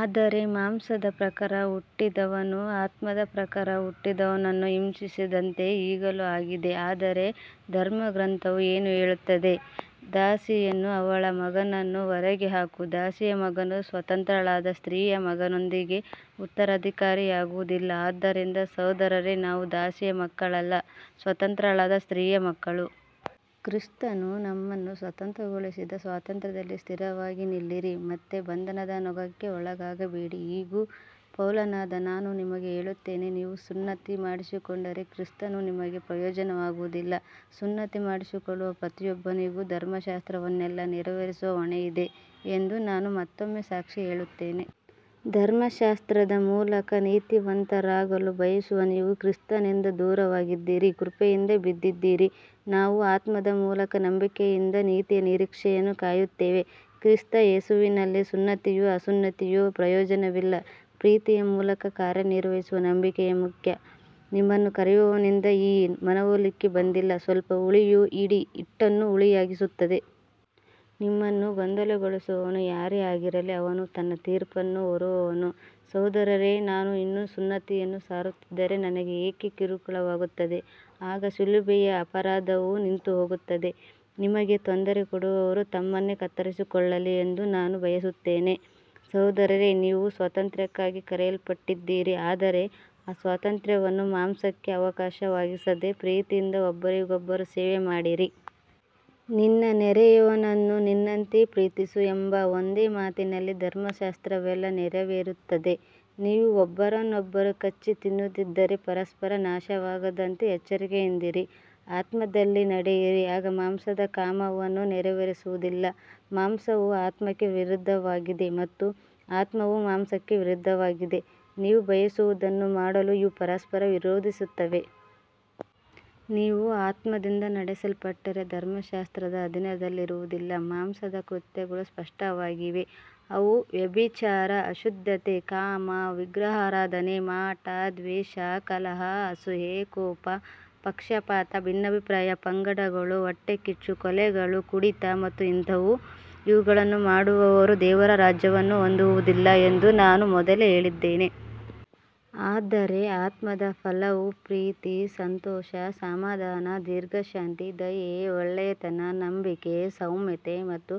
ಆದರೆ ಮಾಂಸದ ಪ್ರಕಾರ ಹುಟ್ಟಿದವನು ಆತ್ಮದ ಪ್ರಕಾರ ಹುಟ್ಟಿದವನನ್ನು ಹಿಂಸಿಸಿದಂತೆಯೇ ಈಗಲೂ ಆಗಿದೆ. ಆದರೆ ಧರ್ಮಗ್ರಂಥವು ಏನು ಹೇಳುತ್ತದೆ. ದಾಸಿಯನ್ನೂ ಅವಳ ಮಗನನ್ನೂ ಹೊರಗೆ ಹಾಕು, ದಾಸಿಯ ಮಗನು ಸ್ವತಂತ್ರಳಾದ ಸ್ತ್ರೀಯ ಮಗನೊಂದಿಗೆ ಉತ್ತರಾಧಿಕಾರಿಯಾಗುವುದಿಲ್ಲ. ಆದ್ದರಿಂದ ಸಹೋದರರೇ, ನಾವು ದಾಸಿಯ ಮಕ್ಕಳಲ್ಲ, ಸ್ವತಂತ್ರಳಾದ ಸ್ತ್ರೀಯ ಮಕ್ಕಳು. ಕ್ರಿಸ್ತನು ನಮ್ಮನ್ನು ಸ್ವತಂತ್ರಗೊಳಿಸಿದ ಸ್ವಾತಂತ್ರ್ಯದಲ್ಲಿ ಸ್ಥಿರವಾಗಿ ನಿಲ್ಲಿರಿ, ಮತ್ತೆ ಬಂಧನದ ನೊಗಕ್ಕೆ ಒಳಗಾಗಬೇಡಿ. ಇಗೋ, ಪೌಲನಾದ ನಾನು ನಿಮಗೆ ಹೇಳುತ್ತೇನೆ, ನೀವು ಸುನ್ನತಿ ಮಾಡಿಸಿಕೊಂಡರೆ ಕ್ರಿಸ್ತನು ನಿಮಗೆ ಪ್ರಯೋಜನವಾಗುವುದಿಲ್ಲ. ಸುನ್ನತಿ ಮಾಡಿಸಿಕೊಳ್ಳುವ ಪ್ರತಿಯೊಬ್ಬನಿಗೂ ಧರ್ಮಶಾಸ್ತ್ರವನ್ನೆಲ್ಲಾ ನೆರವೇರಿಸುವ ಹೊಣೆ ಇದೆ ಎಂದು ನಾನು ಮತ್ತೊಮ್ಮೆ ಸಾಕ್ಷಿ ಹೇಳುತ್ತೇನೆ. ಧರ್ಮಶಾಸ್ತ್ರದ ಮೂಲಕ ನೀತಿವಂತರಾಗಲು ಬಯಸುವ ನೀವು ಕ್ರಿಸ್ತನಿಂದ ದೂರವಾಗಿದ್ದೀರಿ, ಕೃಪೆಯಿಂದ ಬಿದ್ದಿದ್ದೀರಿ. ನಾವು ಆತ್ಮದ ಮೂಲಕ ನಂಬಿಕೆಯಿಂದ ನೀತಿಯ ನಿರೀಕ್ಷೆಯನ್ನು ಕಾಯುತ್ತೇವೆ. ಕ್ರಿಸ್ತ ಯೇಸುವಿನಲ್ಲಿ ಸುನ್ನತಿಯೂ ಅಸುನ್ನತಿಯೂ ಪ್ರಯೋಜನವಿಲ್ಲ, ಪ್ರೀತಿಯ ಮೂಲಕ ಕಾರ್ಯನಿರ್ವಹಿಸುವ ನಂಬಿಕೆಯೇ ಮುಖ್ಯ. ನಿಮ್ಮನ್ನು ಕರೆಯುವವನಿಂದ ಈ ಮನವೊಲಿಕೆ ಬಂದಿಲ್ಲ. ಸ್ವಲ್ಪ ಹುಳಿಯು ಇಡೀ ಹಿಟ್ಟನ್ನು ಹುಳಿಯಾಗಿಸುತ್ತದೆ. ನಿಮ್ಮನ್ನು ಗೊಂದಲಗೊಳಿಸುವವನು ಯಾರೇ ಆಗಿರಲಿ, ಅವನು ತನ್ನ ತೀರ್ಪನ್ನು ಹೊರುವನು. ಸಹೋದರರೇ, ನಾನು ಇನ್ನೂ ಸುನ್ನತಿಯನ್ನು ಸಾರುತ್ತಿದ್ದರೆ ನನಗೆ ಏಕೆ ಕಿರುಕುಳವಾಗುತ್ತದೆ. ಆಗ ಶಿಲುಬೆಯ ಅಪರಾಧವು ನಿಂತುಹೋಗುತ್ತದೆ. ನಿಮಗೆ ತೊಂದರೆ ಕೊಡುವವರು ತಮ್ಮನ್ನೇ ಕತ್ತರಿಸಿಕೊಳ್ಳಲಿ ಎಂದು ನಾನು ಬಯಸುತ್ತೇನೆ. ಸಹೋದರರೇ, ನೀವು ಸ್ವಾತಂತ್ರ್ಯಕ್ಕಾಗಿ ಕರೆಯಲ್ಪಟ್ಟಿದ್ದೀರಿ. ಆದರೆ ಆ ಸ್ವಾತಂತ್ರ್ಯವನ್ನು ಮಾಂಸಕ್ಕೆ ಅವಕಾಶವಾಗಿಸದೆ ಪ್ರೀತಿಯಿಂದ ಒಬ್ಬರಿಗೊಬ್ಬರು ಸೇವೆ ಮಾಡಿರಿ. ನಿನ್ನ ನೆರೆಯವನನ್ನು ನಿನ್ನಂತೆಯೇ ಪ್ರೀತಿಸು ಎಂಬ ಒಂದೇ ಮಾತಿನಲ್ಲಿ ಧರ್ಮಶಾಸ್ತ್ರವೆಲ್ಲಾ ನೆರವೇರುತ್ತದೆ. ನೀವು ಒಬ್ಬರನ್ನೊಬ್ಬರು ಕಚ್ಚಿ ತಿನ್ನುತ್ತಿದ್ದರೆ ಪರಸ್ಪರ ನಾಶವಾಗದಂತೆ ಎಚ್ಚರಿಕೆಯಿಂದಿರಿ. ಆತ್ಮದಲ್ಲಿ ನಡೆಯಿರಿ, ಆಗ ಮಾಂಸದ ಕಾಮವನ್ನು ನೆರವೇರಿಸುವುದಿಲ್ಲ. ಮಾಂಸವು ಆತ್ಮಕ್ಕೆ ವಿರುದ್ಧವಾಗಿದೆ ಮತ್ತು ಆತ್ಮವು ಮಾಂಸಕ್ಕೆ ವಿರುದ್ಧವಾಗಿದೆ. ನೀವು ಬಯಸುವುದನ್ನು ಮಾಡಲು ಇವು ಪರಸ್ಪರ ವಿರೋಧಿಸುತ್ತವೆ. ನೀವು ಆತ್ಮದಿಂದ ನಡೆಸಲ್ಪಟ್ಟರೆ ಧರ್ಮಶಾಸ್ತ್ರದ ಅಧೀನದಲ್ಲಿರುವುದಿಲ್ಲ. ಮಾಂಸದ ಕೃತ್ಯಗಳು ಸ್ಪಷ್ಟವಾಗಿವೆ, ಅವು ವ್ಯಭಿಚಾರ, ಅಶುದ್ಧತೆ, ಕಾಮ, ವಿಗ್ರಹಾರಾಧನೆ, ಮಾಟ, ದ್ವೇಷ, ಕಲಹ, ಅಸೂಯೆ, ಕೋಪ, ಪಕ್ಷಪಾತ, ಭಿನ್ನಾಭಿಪ್ರಾಯ, ಪಂಗಡಗಳು, ಹೊಟ್ಟೆಕಿಚ್ಚು, ಕೊಲೆಗಳು, ಕುಡಿತ ಮತ್ತು ಇಂಥವು. ಇವುಗಳನ್ನು ಮಾಡುವವರು ದೇವರ ರಾಜ್ಯವನ್ನು ಹೊಂದುವುದಿಲ್ಲ ಎಂದು ನಾನು ಮೊದಲೇ ಹೇಳಿದ್ದೇನೆ. ಆದರೆ ಆತ್ಮದ ಫಲವು ಪ್ರೀತಿ, ಸಂತೋಷ, ಸಮಾಧಾನ, ದೀರ್ಘಶಾಂತಿ, ದಯೆ, ಒಳ್ಳೆಯತನ, ನಂಬಿಕೆ, ಸೌಮ್ಯತೆ ಮತ್ತು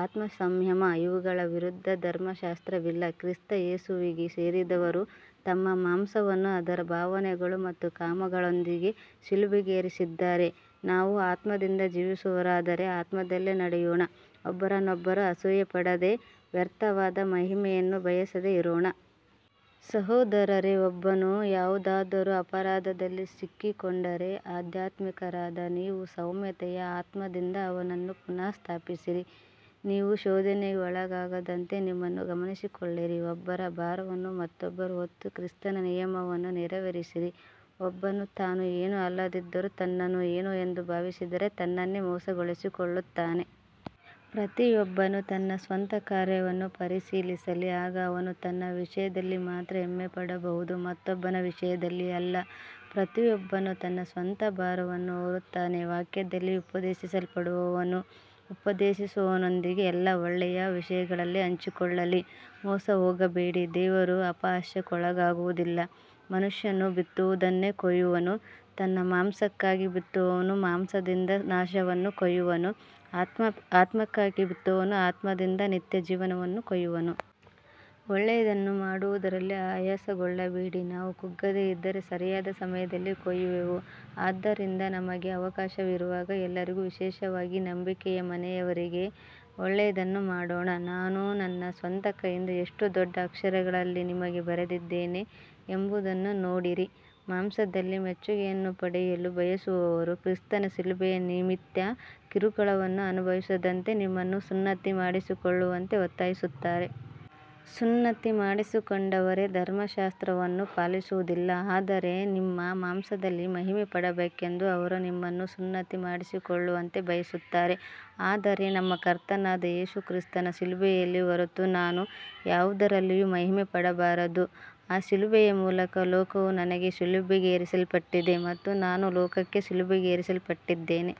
ಆತ್ಮಸಂಯಮ. ಇವುಗಳ ವಿರುದ್ಧ ಧರ್ಮಶಾಸ್ತ್ರವಿಲ್ಲ. ಕ್ರಿಸ್ತ ಯೇಸುವಿಗೆ ಸೇರಿದವರು ತಮ್ಮ ಮಾಂಸವನ್ನು ಅದರ ಭಾವನೆಗಳು ಮತ್ತು ಕಾಮಗಳೊಂದಿಗೆ ಶಿಲುಬೆಗೇರಿಸಿದ್ದಾರೆ. ನಾವು ಆತ್ಮದಿಂದ ಜೀವಿಸುವವರಾದರೆ ಆತ್ಮದಲ್ಲೇ ನಡೆಯೋಣ. ಒಬ್ಬರನ್ನೊಬ್ಬರು ಅಸೂಯೆಪಡದೆ ವ್ಯರ್ಥವಾದ ಮಹಿಮೆಯನ್ನು ಬಯಸದೆ ಇರೋಣ. ಸಹೋದರರೇ, ಒಬ್ಬನು ಯಾವುದಾದರೂ ಅಪರಾಧದಲ್ಲಿ ಸಿಕ್ಕಿಕೊಂಡರೆ ಆಧ್ಯಾತ್ಮಿಕರಾದ ನೀವು ಸೌಮ್ಯತೆಯ ಆತ್ಮದಿಂದ ಅವನನ್ನು ಪುನಃಸ್ಥಾಪಿಸಿರಿ. ನೀವೂ ಶೋಧನೆಗೆ ಒಳಗಾಗದಂತೆ ನಿಮ್ಮನ್ನು ಗಮನಿಸಿಕೊಳ್ಳಿರಿ. ಒಬ್ಬರ ಭಾರವನ್ನು ಮತ್ತೊಬ್ಬರು ಹೊತ್ತು ಕ್ರಿಸ್ತನ ನಿಯಮವನ್ನು ನೆರವೇರಿಸಿರಿ. ಒಬ್ಬನು ತಾನು ಏನೂ ಅಲ್ಲದಿದ್ದರೂ ತನ್ನನ್ನು ಏನೋ ಎಂದು ಭಾವಿಸಿದರೆ ತನ್ನನ್ನೇ ಮೋಸಗೊಳಿಸಿಕೊಳ್ಳುತ್ತಾನೆ. ಪ್ರತಿಯೊಬ್ಬನು ತನ್ನ ಸ್ವಂತ ಕಾರ್ಯವನ್ನು ಪರಿಶೀಲಿಸಲಿ. ಆಗ ಅವನು ತನ್ನ ವಿಷಯದಲ್ಲಿ ಮಾತ್ರ ಹೆಮ್ಮೆಪಡಬಹುದು, ಮತ್ತೊಬ್ಬನ ವಿಷಯದಲ್ಲಿ ಅಲ್ಲ. ಪ್ರತಿಯೊಬ್ಬನು ತನ್ನ ಸ್ವಂತ ಭಾರವನ್ನು ಹೊರುತ್ತಾನೆ. ವಾಕ್ಯದಲ್ಲಿ ಉಪದೇಶಿಸಲ್ಪಡುವವನು ಉಪದೇಶಿಸುವವನೊಂದಿಗೆ ಎಲ್ಲಾ ಒಳ್ಳೆಯ ವಿಷಯಗಳಲ್ಲಿ ಹಂಚಿಕೊಳ್ಳಲಿ. ಮೋಸಹೋಗಬೇಡಿ, ದೇವರು ಅಪಹಾಸ್ಯಕ್ಕೊಳಗಾಗುವುದಿಲ್ಲ. ಮನುಷ್ಯನು ಬಿತ್ತುವುದನ್ನೇ ಕೊಯ್ಯುವನು. ತನ್ನ ಮಾಂಸಕ್ಕಾಗಿ ಬಿತ್ತುವವನು ಮಾಂಸದಿಂದ ನಾಶವನ್ನು ಕೊಯ್ಯುವನು, ಆತ್ಮಕ್ಕಾಗಿ ಬಿತ್ತುವವನು ಆತ್ಮದಿಂದ ನಿತ್ಯಜೀವವನ್ನು ಕೊಯ್ಯುವನು. ಒಳ್ಳೆಯದನ್ನು ಮಾಡುವುದರಲ್ಲಿ ಆಯಾಸಗೊಳ್ಳಬೇಡಿ. ನಾವು ಕುಗ್ಗದೆ ಇದ್ದರೆ ಸರಿಯಾದ ಸಮಯದಲ್ಲಿ ಕೊಯ್ಯುವೆವು. ಆದ್ದರಿಂದ ನಮಗೆ ಅವಕಾಶವಿರುವಾಗ ಎಲ್ಲರಿಗೂ, ವಿಶೇಷವಾಗಿ ನಂಬಿಕೆಯ ಮನೆಯವರಿಗೆ, ಒಳ್ಳೆಯದನ್ನು ಮಾಡೋಣ. ನಾನು ನನ್ನ ಸ್ವಂತ ಕೈಯಿಂದ ಎಷ್ಟು ದೊಡ್ಡ ಅಕ್ಷರಗಳಲ್ಲಿ ನಿಮಗೆ ಬರೆದಿದ್ದೇನೆ ಎಂಬುದನ್ನು ನೋಡಿರಿ. ಮಾಂಸದಲ್ಲಿ ಮೆಚ್ಚುಗೆಯನ್ನು ಪಡೆಯಲು ಬಯಸುವವರು ಕ್ರಿಸ್ತನ ಶಿಲುಬೆಯ ನಿಮಿತ್ತ ಕಿರುಕುಳವನ್ನು ಅನುಭವಿಸದಂತೆ ನಿಮ್ಮನ್ನು ಸುನ್ನತಿ ಮಾಡಿಸಿಕೊಳ್ಳುವಂತೆ ಒತ್ತಾಯಿಸುತ್ತಾರೆ. ಸುನ್ನತಿ ಮಾಡಿಸಿಕೊಂಡವರೇ ಧರ್ಮಶಾಸ್ತ್ರವನ್ನು ಪಾಲಿಸುವುದಿಲ್ಲ, ಆದರೆ ನಿಮ್ಮ ಮಾಂಸದಲ್ಲಿ ಮಹಿಮೆಪಡಬೇಕೆಂದು ಅವರು ನಿಮ್ಮನ್ನು ಸುನ್ನತಿ ಮಾಡಿಸಿಕೊಳ್ಳುವಂತೆ ಬಯಸುತ್ತಾರೆ. ಆದರೆ ನಮ್ಮ ಕರ್ತನಾದ ಯೇಸು ಕ್ರಿಸ್ತನ ಶಿಲುಬೆಯಲ್ಲಿ ಹೊರತು ನಾನು ಯಾವುದರಲ್ಲಿಯೂ ಮಹಿಮೆಪಡಬಾರದು. ಆ ಶಿಲುಬೆಯ ಮೂಲಕ ಲೋಕವು ನನಗೆ ಶಿಲುಬೆಗೇರಿಸಲ್ಪಟ್ಟಿದೆ ಮತ್ತು ನಾನು ಲೋಕಕ್ಕೆ ಶಿಲುಬೆಗೇರಿಸಲ್ಪಟ್ಟಿದ್ದೇನೆ.